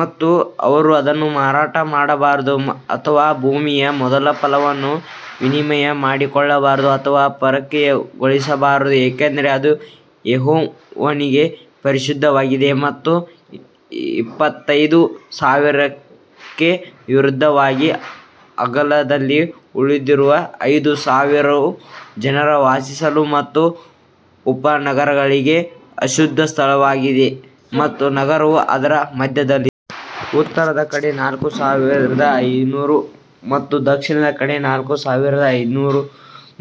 ಮತ್ತು ಅವರು ಅದನ್ನು ಮಾರಾಟ ಮಾಡಬಾರದು ಅಥವಾ ಭೂಮಿಯ ಮೊದಲ ಫಲವನ್ನು ವಿನಿಮಯ ಮಾಡಿಕೊಳ್ಳಬಾರದು ಅಥವಾ ಪರಕೀಯಗೊಳಿಸಬಾರದು ಏಕೆಂದರೆ ಅದು ಯೆಹೋವನಿಗೆ ಪರಿಶುದ್ಧವಾಗಿದೆ. ಮತ್ತು ಇಪ್ಪತ್ತೈದು ಸಾವಿರಕ್ಕೆ ವಿರುದ್ಧವಾಗಿ ಅಗಲದಲ್ಲಿ ಉಳಿದಿರುವ ಐದು ಸಾವಿರವು ಜನರು ವಾಸಿಸಲು ಮತ್ತು ಉಪನಗರಗಳಿಗೆ ಅಶುದ್ಧ ಸ್ಥಳವಾಗಿದೆ ಮತ್ತು ನಗರವು ಅದರ ಮಧ್ಯದಲ್ಲಿದೆ. ಉತ್ತರದ ಕಡೆ ನಾಲ್ಕು ಸಾವಿರದ ಐನೂರು ಮತ್ತು ದಕ್ಷಿಣದ ಕಡೆ ನಾಲ್ಕು ಸಾವಿರದ ಐನೂರು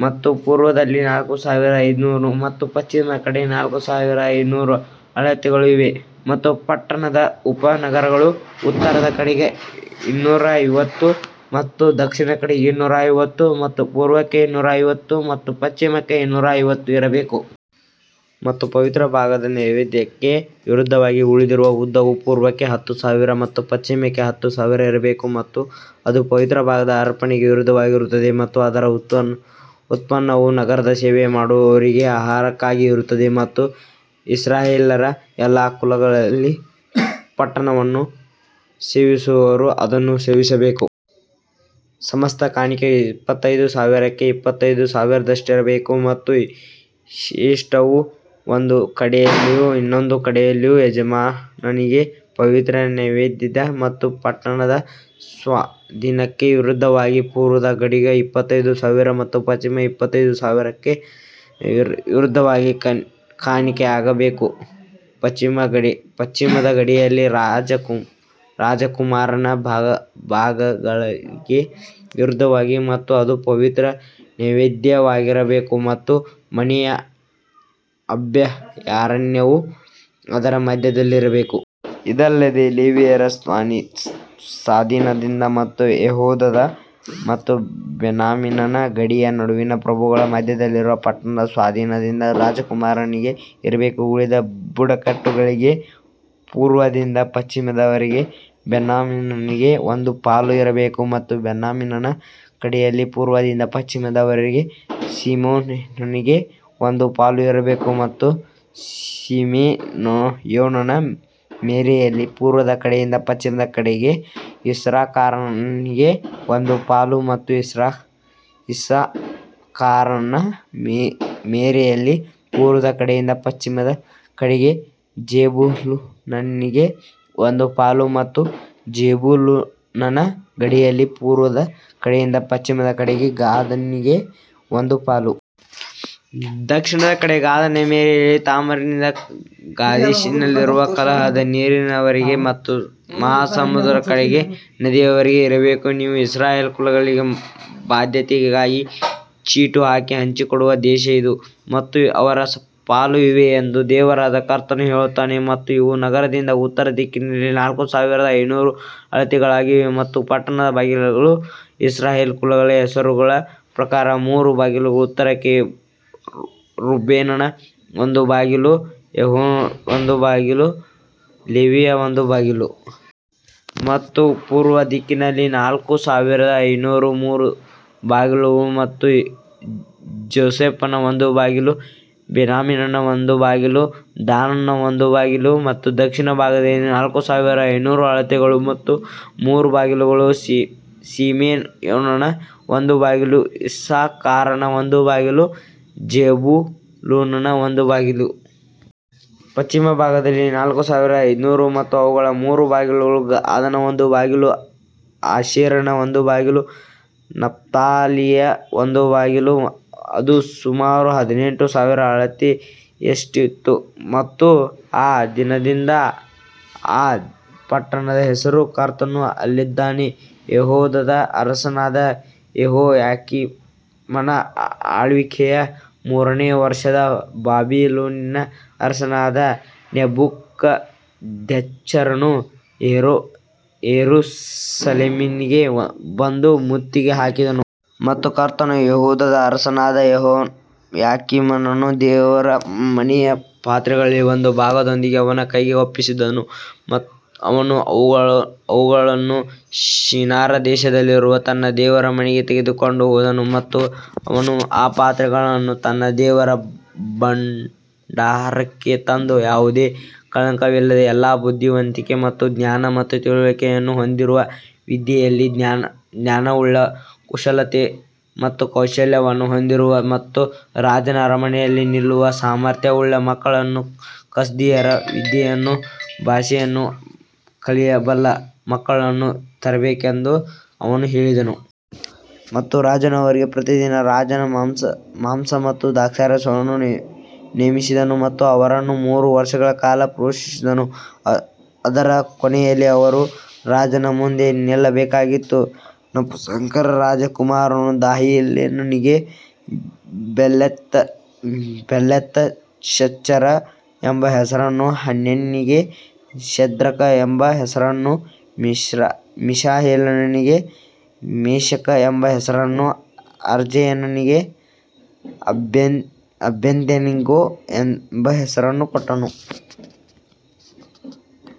ಮತ್ತು ಪೂರ್ವದಲ್ಲಿ ನಾಲ್ಕು ಸಾವಿರದ ಐನೂರು ಮತ್ತು ಪಶ್ಚಿಮದ ಕಡೆ ನಾಲ್ಕು ಸಾವಿರದ ಐನೂರು ಅಳತೆಗಳು ಇವೇ. ಮತ್ತು ಪಟ್ಟಣದ ಉಪನಗರಗಳು ಉತ್ತರದ ಕಡೆಗೆ ಇನ್ನೂರೈವತ್ತು ಮತ್ತು ದಕ್ಷಿಣಕ್ಕೆ ಇನ್ನೂರೈವತ್ತು ಮತ್ತು ಪೂರ್ವಕ್ಕೆ ಇನ್ನೂರೈವತ್ತು ಮತ್ತು ಪಶ್ಚಿಮಕ್ಕೆ ಇನ್ನೂರೈವತ್ತು ಇರಬೇಕು. ಮತ್ತು ಪವಿತ್ರ ಭಾಗದ ನೈವೇದ್ಯಕ್ಕೆ ವಿರುದ್ಧವಾಗಿ ಉಳಿದಿರುವ ಉದ್ದವು ಪೂರ್ವಕ್ಕೆ ಹತ್ತು ಸಾವಿರ ಮತ್ತು ಪಶ್ಚಿಮಕ್ಕೆ ಹತ್ತು ಸಾವಿರ ಇರಬೇಕು ಮತ್ತು ಅದು ಪವಿತ್ರ ಭಾಗದ ಅರ್ಪಣೆಗೆ ವಿರುದ್ಧವಾಗಿರುತ್ತದೆ ಮತ್ತು ಅದರ ಉತ್ಪನ್ನವು ನಗರದ ಸೇವೆ ಮಾಡುವವರಿಗೆ ಆಹಾರಕ್ಕಾಗಿ ಇರುತ್ತದೆ. ಮತ್ತು ಇಸ್ರಾಯೇಲ್ಯರ ಎಲ್ಲಾ ಕುಲಗಳಲ್ಲಿ ಪಟ್ಟಣವನ್ನು ಸೇವಿಸುವವರು ಅದನ್ನು ಸೇವಿಸಬೇಕು. ಸಮಸ್ತ ಕಾಣಿಕೆಯು ಇಪ್ಪತ್ತೈದು ಸಾವಿರಕ್ಕೆ ಇಪ್ಪತ್ತೈದು ಸಾವಿರದಷ್ಟಿರಬೇಕು. ಮತ್ತು ಶೇಷವು ಒಂದು ಕಡೆಯಲ್ಲಿಯೂ ಇನ್ನೊಂದು ಕಡೆಯಲ್ಲಿಯೂ ಯಜಮಾನನಿಗೆ ಪವಿತ್ರ ನೈವೇದ್ಯದ ಮತ್ತು ಪಟ್ಟಣದ ಸ್ವಾಧೀನಕ್ಕೆ ವಿರುದ್ಧವಾಗಿ ಪೂರ್ವದ ಗಡಿಗೆ ಇಪ್ಪತ್ತೈದು ಸಾವಿರ ಮತ್ತು ಪಶ್ಚಿಮಕ್ಕೆ ಇಪ್ಪತ್ತೈದು ಸಾವಿರಕ್ಕೆ ವಿರುದ್ಧವಾಗಿ ಕಾಣಿಕೆಯಾಗಬೇಕು. ಪಶ್ಚಿಮದ ಗಡಿಯಲ್ಲಿ ರಾಜಕುಮಾರನ ಭಾಗಗಳಿಗೆ ವಿರುದ್ಧವಾಗಿ ಮತ್ತು ಅದು ಪವಿತ್ರ ನೈವೇದ್ಯವಾಗಿರಬೇಕು ಮತ್ತು ಮನೆಯ ಅಭಯಾರಣ್ಯವು ಅದರ ಮಧ್ಯದಲ್ಲಿರಬೇಕು. ಇದಲ್ಲದೆ ಲೇವಿಯರ ಸ್ವಾಧೀನದಿಂದ ಮತ್ತು ಯೆಹೂದದ ಮತ್ತು ಬೆನ್ಯಾಮೀನನ ಗಡಿಯ ನಡುವಿನ ಪ್ರಭುಗಳ ಮಧ್ಯದಲ್ಲಿರುವ ಪಟ್ಟಣದ ಸ್ವಾಧೀನದಿಂದ ರಾಜಕುಮಾರನಿಗೆ ಇರಬೇಕು. ಉಳಿದ ಬುಡಕಟ್ಟುಗಳಿಗೆ ಪೂರ್ವದಿಂದ ಪಶ್ಚಿಮದವರೆಗೆ ಬೆನ್ಯಾಮೀನನಿಗೆ ಒಂದು ಪಾಲು ಇರಬೇಕು. ಮತ್ತು ಬೆನ್ಯಾಮೀನನ ಗಡಿಯಲ್ಲಿ ಪೂರ್ವದಿಂದ ಪಶ್ಚಿಮದವರೆಗೆ ಸಿಮೆಯೋನನಿಗೆ ಒಂದು ಪಾಲು ಇರಬೇಕು ಮತ್ತು ಸಿಮೆಯೋನನ ಮೇರೆಯಲ್ಲಿ ಪೂರ್ವದ ಕಡೆಯಿಂದ ಪಶ್ಚಿಮದ ಕಡೆಗೆ ಇಸ್ಸಾಕಾರನಿಗೆ ಒಂದು ಪಾಲು ಮತ್ತು ಇಸ್ಸಾಕಾರನ ಮೇರೆಯಲ್ಲಿ ಪೂರ್ವದ ಕಡೆಯಿಂದ ಪಶ್ಚಿಮದ ಕಡೆಗೆ ಜೆಬುಲೂನನಿಗೆ ಒಂದು ಪಾಲು ಮತ್ತು ಜೆಬುಲೂನನ ಗಡಿಯಲ್ಲಿ ಪೂರ್ವದ ಕಡೆಯಿಂದ ಪಶ್ಚಿಮದ ಕಡೆಗೆ ಗಾದನಿಗೆ ಒಂದು ಪಾಲು. ದಕ್ಷಿಣದ ಕಡೆ ಗಾದನ ಮೇರೆಯಲ್ಲಿ ತಾಮಾರಿನಿಂದ ಕಾದೇಶಿನಲ್ಲಿರುವ ಕಲಹದ ನೀರಿನವರೆಗೆ ಮತ್ತು ಮಹಾಸಮುದ್ರದ ಕಡೆಗೆ ನದಿಯವರೆಗೆ ಇರಬೇಕು. ನೀವು ಇಸ್ರಾಯೇಲ್ ಕುಲಗಳಿಗೆ ಬಾಧ್ಯತೆಗಾಗಿ ಚೀಟು ಹಾಕಿ ಹಂಚಿಕೊಡುವ ದೇಶ ಇದು ಮತ್ತು ಅವರ ಪಾಲು ಇವೇ ಎಂದು ದೇವರಾದ ಕರ್ತನು ಹೇಳುತ್ತಾನೆ. ಮತ್ತು ಇವು ನಗರದಿಂದ ಉತ್ತರ ದಿಕ್ಕಿನಲ್ಲಿ ನಾಲ್ಕು ಸಾವಿರದ ಐನೂರು ಅಳತೆಗಳಾಗಿವೆ ಮತ್ತು ಪಟ್ಟಣದ ಬಾಗಿಲುಗಳು ಇಸ್ರಾಯೇಲ್ ಕುಲಗಳ ಹೆಸರುಗಳ ಪ್ರಕಾರ ಮೂರು ಬಾಗಿಲುಗಳು ಉತ್ತರಕ್ಕೆ, ರೂಬೇನನ ಒಂದು ಬಾಗಿಲು, ಯೆಹೂದದ ಒಂದು ಬಾಗಿಲು, ಲೇವಿಯ ಒಂದು ಬಾಗಿಲು. ಮತ್ತು ಪೂರ್ವ ದಿಕ್ಕಿನಲ್ಲಿ ನಾಲ್ಕು ಸಾವಿರದ ಐನೂರು, ಮೂರು ಬಾಗಿಲುಗಳು ಮತ್ತು ಯೋಸೇಫನ ಒಂದು ಬಾಗಿಲು, ಬೆನ್ಯಾಮೀನನ ಒಂದು ಬಾಗಿಲು, ದಾನನ ಒಂದು ಬಾಗಿಲು. ಮತ್ತು ದಕ್ಷಿಣ ಭಾಗದಲ್ಲಿ ನಾಲ್ಕು ಸಾವಿರದ ಐನೂರು ಅಳತೆಗಳು ಮತ್ತು ಮೂರು ಬಾಗಿಲುಗಳು, ಸಿಮೆಯೋನನ ಒಂದು ಬಾಗಿಲು, ಇಸ್ಸಾಕಾರನ ಒಂದು ಬಾಗಿಲು, ಜೆಬುಲೂನನ ಒಂದು ಬಾಗಿಲು. ಪಶ್ಚಿಮ ಭಾಗದಲ್ಲಿ ನಾಲ್ಕು ಸಾವಿರದ ಐನೂರು ಮತ್ತು ಅವುಗಳ ಮೂರು ಬಾಗಿಲುಗಳು, ಗಾದನ ಒಂದು ಬಾಗಿಲು, ಆಶೇರನ ಒಂದು ಬಾಗಿಲು, ನಫ್ತಾಲಿಯ ಒಂದು ಬಾಗಿಲು. ಅದು ಸುಮಾರು ಹದಿನೆಂಟು ಸಾವಿರ ಅಳತೆಯಷ್ಟಿತ್ತು ಮತ್ತು ಆ ದಿನದಿಂದ ಆ ಪಟ್ಟಣದ ಹೆಸರು ಕರ್ತನು ಅಲ್ಲಿದ್ದಾನೆ. ಯೆಹೂದದ ಅರಸನಾದ ಯೆಹೋಯಾಕೀಮನ ಆಳ್ವಿಕೆಯ ಮೂರನೆಯ ವರ್ಷದಲ್ಲಿ ಬಾಬಿಲೋನಿನ ಅರಸನಾದ ನೆಬೂಕದ್ನೆಚ್ಚರನು ಯೆರೂಸಲೇಮಿಗೆ ಬಂದು ಮುತ್ತಿಗೆ ಹಾಕಿದನು. ಮತ್ತು ಕರ್ತನು ಯೆಹೂದದ ಅರಸನಾದ ಯೆಹೋಯಾಕೀಮನನ್ನು ದೇವರ ಮನೆಯ ಪಾತ್ರೆಗಳಲ್ಲಿ ಒಂದು ಭಾಗದೊಂದಿಗೆ ಅವನ ಕೈಗೆ ಒಪ್ಪಿಸಿದನು. ಅವನು ಅವುಗಳನ್ನು ಶಿನಾರ್ ದೇಶದಲ್ಲಿರುವ ತನ್ನ ದೇವರ ಮನೆಗೆ ತೆಗೆದುಕೊಂಡು ಹೋದನು ಮತ್ತು ಅವನು ಆ ಪಾತ್ರೆಗಳನ್ನು ತನ್ನ ದೇವರ ಭಂಡಾರಕ್ಕೆ ತಂದನು. ಯಾವುದೇ ಕಳಂಕವಿಲ್ಲದ, ಎಲ್ಲಾ ಬುದ್ಧಿವಂತಿಕೆ ಮತ್ತು ಜ್ಞಾನ ಮತ್ತು ತಿಳುವಳಿಕೆಯನ್ನು ಹೊಂದಿರುವ, ವಿದ್ಯೆಯಲ್ಲಿ ಜ್ಞಾನವುಳ್ಳ, ಕುಶಲತೆ ಮತ್ತು ಕೌಶಲ್ಯವನ್ನು ಹೊಂದಿರುವ ಮತ್ತು ರಾಜನ ಅರಮನೆಯಲ್ಲಿ ನಿಲ್ಲುವ ಸಾಮರ್ಥ್ಯವುಳ್ಳ ಮಕ್ಕಳನ್ನು, ಕಸ್ದೀಯರ ವಿದ್ಯೆಯನ್ನೂ ಭಾಷೆಯನ್ನೂ ಕಲಿಯಬಲ್ಲ ಮಕ್ಕಳನ್ನು ತರಬೇಕೆಂದು ಅವನು ಹೇಳಿದನು. ಮತ್ತು ರಾಜನು ಅವರಿಗೆ ಪ್ರತಿದಿನ ರಾಜನ ಮಾಂಸ ಮತ್ತು ದ್ರಾಕ್ಷಾರಸವನ್ನು ನೇಮಿಸಿದನು ಮತ್ತು ಅವರನ್ನು ಮೂರು ವರ್ಷಗಳ ಕಾಲ ಪೋಷಿಸಿದನು, ಅದರ ಕೊನೆಯಲ್ಲಿ ಅವರು ರಾಜನ ಮುಂದೆ ನಿಲ್ಲಬೇಕಾಗಿತ್ತು. ನಪುಂಸಕರ ರಾಜಕುಮಾರನು ದಾನಿಯೇಲನಿಗೆ ಬೆಲ್ತೆಶಚ್ಚರ ಎಂಬ ಹೆಸರನ್ನೂ, ಹನನ್ಯನಿಗೆ ಶದ್ರಕ ಎಂಬ ಹೆಸರನ್ನೂ, ಮಿಶಾಯೇಲನಿಗೆ ಮೇಷಕ ಎಂಬ ಹೆಸರನ್ನೂ, ಅಜರ್ಯನಿಗೆ ಅಬೇದ್ನೆಗೋ ಎಂಬ ಹೆಸರನ್ನೂ ಕೊಟ್ಟನು.